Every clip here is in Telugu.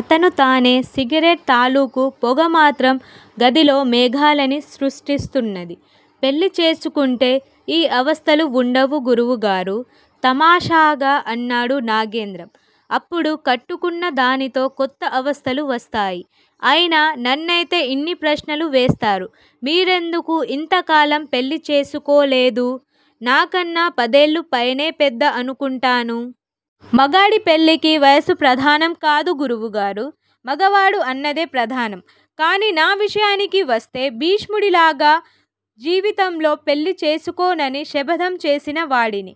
అతను తానే సిగరెట్ తాలూకు పొగమాత్రం గదిలో మేఘాలని సృష్టిస్తున్నది. పెళ్ళిచేసుకుంటే ఈ అవస్తలు వుండవు గురువుగారూ! తమాషాగా అన్నాడు నాగేంద్రం. అప్పుడు కట్టుకున్నదానితో కొత్త అవస్తలు వస్తాయి. అయినా నన్నయితే యిన్ని ప్రశ్నలు వేస్తారు. మీరెందుకు యింతకాలం పెళ్ళిచేసుకోలేదు? నాకన్నా పదేళ్ళు పైనే పెద్ద అనుకుంటాను? మగాడి పెళ్ళికి వయసు ప్రధానంకాదు గురువుగారూ! మగవాడు అన్నదే ప్రధానం. కాని నా విషయానికి వస్తే భీష్ముడిలాగా జీవితంలో పెళ్ళిచేసుకోనని శబధం చేసిన వాడిని.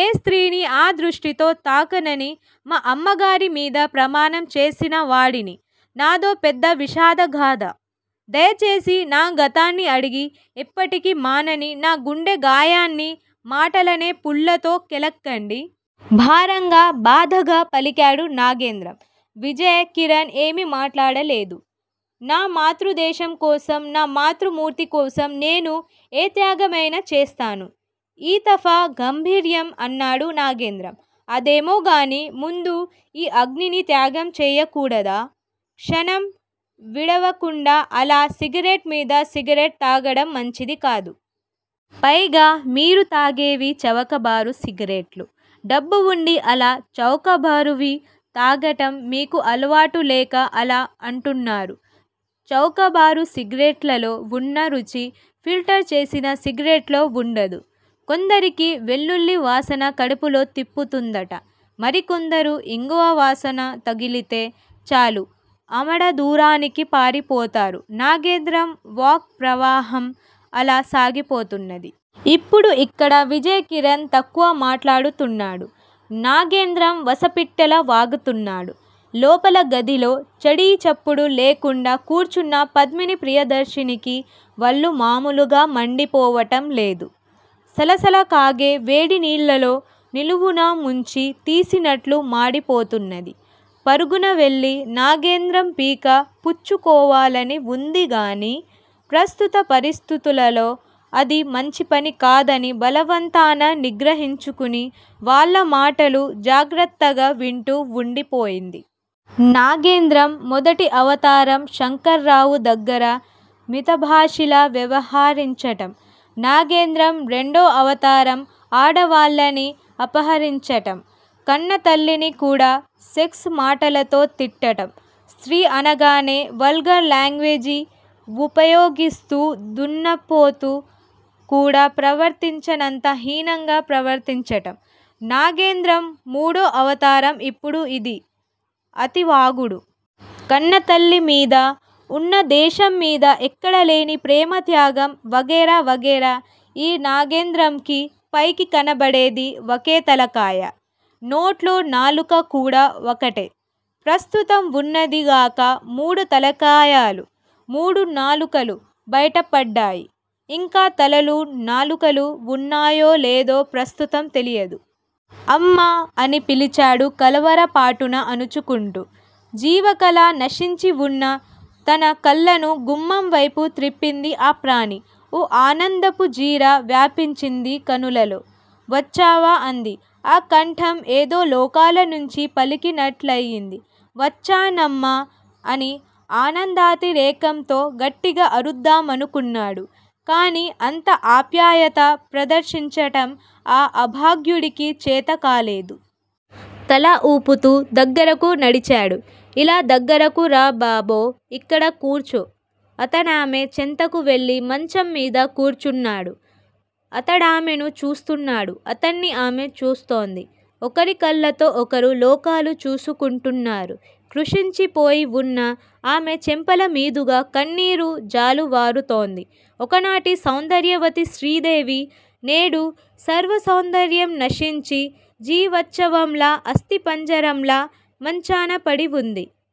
ఏ స్త్రీని ఆ దృష్టితో తాకనని మా అమ్మగారి మీద ప్రమాణం చేసినవాడిని నాదో పెద్ద విషాదగాధ. దయచేసి నా గతాన్ని అడిగి ఎప్పటికీ మానని నా గుండె గాయాన్ని మాటలనే పుల్లతో కెలక్కండి. భారంగా బాధగా పలికాడు నాగేంద్రం. విజయ్ కిరణ్ ఏమీ మాట్లాడలేదు. నా మాతృదేశంకోసం నా మాతృమూర్తి కోసం నేను ఏ త్యాగమయినా చేస్తాను. ఈతఫా గాంభీర్యంగా అన్నాడు నాగేంద్రం. అదేమోగాని ముందు ఈ అగ్నిని త్యాగం చేయకూడదా? క్షణం విడవకుండా అలా సిగరెట్ మీద సిగరెట్ తాగటం మంచిదికాదు. పైగా మీరు తాగేవి చవకబారు సిగరెట్లు. డబ్బు వుండి అలా చౌకబరువి తాగటం? మీకు అలవాటులేక అలా అంటున్నారు. చౌకబారు సిగరెట్లలో వున్న రుచి ఫిల్టర్ చేసిన సిగరెట్ లో వుండదు. కొందరికి వెల్లుల్లివాసన కడుపులో తిప్పుతుందట. మరికొందరు ఇంగువ వాసన తగిలితే చాలు ఆమడదూరానికి పారిపోతారు నాగేంద్రం వాక్ ప్రవాహం అలా సాగిపోతున్నది. ఇప్పుడు ఇక్కడ విజయ్ కిరణ్ తక్కువ మాట్లాడుతున్నాడు. నాగేంద్రం వసపిట్టలా వాగుతున్నాడు. లోపల గదిలో చడీచప్పుడు లేకుండా కూర్చున్న పద్మినిప్రియదర్శినికి వళ్ళు మామూలుగా మండిపోవటం లేదు. సలసలకాగే వేడి నీళ్ళలో నిలువునా ముంచి తీసినట్లు మాడిపోతున్నది. పరుగునవెళ్ళి నాగేంద్రం పీక పుచ్చుకోవాలని వుందిగాని ప్రస్తుత పరిస్థితులలో అది మంచిపని కాదని బలవంతాన నిగ్రహించుకుని వాళ్ళ మాటలు జాగ్రత్తగా వింటూ వుండిపోయింది. నాగేంద్రం మొదటి అవతారం శంకర్రావు దగ్గర మితభాషిలా వ్యవహరించటం. నాగేంద్రం రెండో అవతారం ఆడవాళ్ళని అపహరించటం. కన్నతల్లిని కూడా సెక్స్ మాటలతో తిట్టటం. స్త్రీ అనగానే వల్గర్ లాంగ్వేజి వుపయోగిస్తూ దున్నపోతు కూడా ప్రవర్తించనంత హీనంగా ప్రవర్తించటం. నాగేంద్రం మూడో అవతారం ఇప్పుడు యిది. అతివాగుడు. కన్నతల్లి మీద, ఉన్న దేశం మీద ఎక్కడలేని ప్రేమ త్యాగం వగైరా వగైరా. ఈ నాగేంద్రంకి పైకి కనబడేది వకేతలకాయ. నోట్లో నాలుక కూడా వకటే. ప్రస్తుతం వున్నది గాక మూడు తలకాయలు, మూడు నాలుకలు బైటపడ్డాయి. ఇంకా తలలు నాలుకలు వున్నాయో లేదో ప్రస్తుతం తెలియదు. అమ్మా! అని పిలిచాడు కలవరపాటును అణుచుకుంటూ. జీవకళ నశించివున్న తనకళ్ళను గుమ్మంవైపు త్రిప్పింది ఆ ప్రాణి. ఓ ఆనందపు జీర వ్యాపించింది కనులలో. వచ్చావా? అంది. ఆ కంఠం ఏదో లోకాలనుంచి పలికినట్లయింది. వచ్చానమ్మా అని ఆనందాతిరేకంతో గట్టిగా అరుద్దామనుకున్నాడు. కాని అంత ఆప్యాయత ప్రదర్శించటం ఆ అభాగ్యుడికి చేతకాలేదు. తల ఊపుతూ దగ్గరకు నడిచాడు. ఇలా దగ్గరకు రా బబో ఇక్కడ కూర్చో. అతనామె చెంతకు వెళ్ళి మంచంమీద కూర్చున్నాడు. అతడామెను చూస్తున్నాడు. అతన్ని ఆమె చూస్తోంది. ఒకరికళ్ళతో ఒకరు లోకాలు చూసుకుంటున్నారు. కృశించిపోయివున్న ఆమె చెంపలమీదుగా కన్నీరు జాలువారుతోంది. ఒకనాటి సౌందర్యవతి శ్రీదేవి- నేడు సర్వ సౌందర్యం నశించి, జీవచ్చవంలా, అస్థిపంజరంలా మంచాన పడివుంది.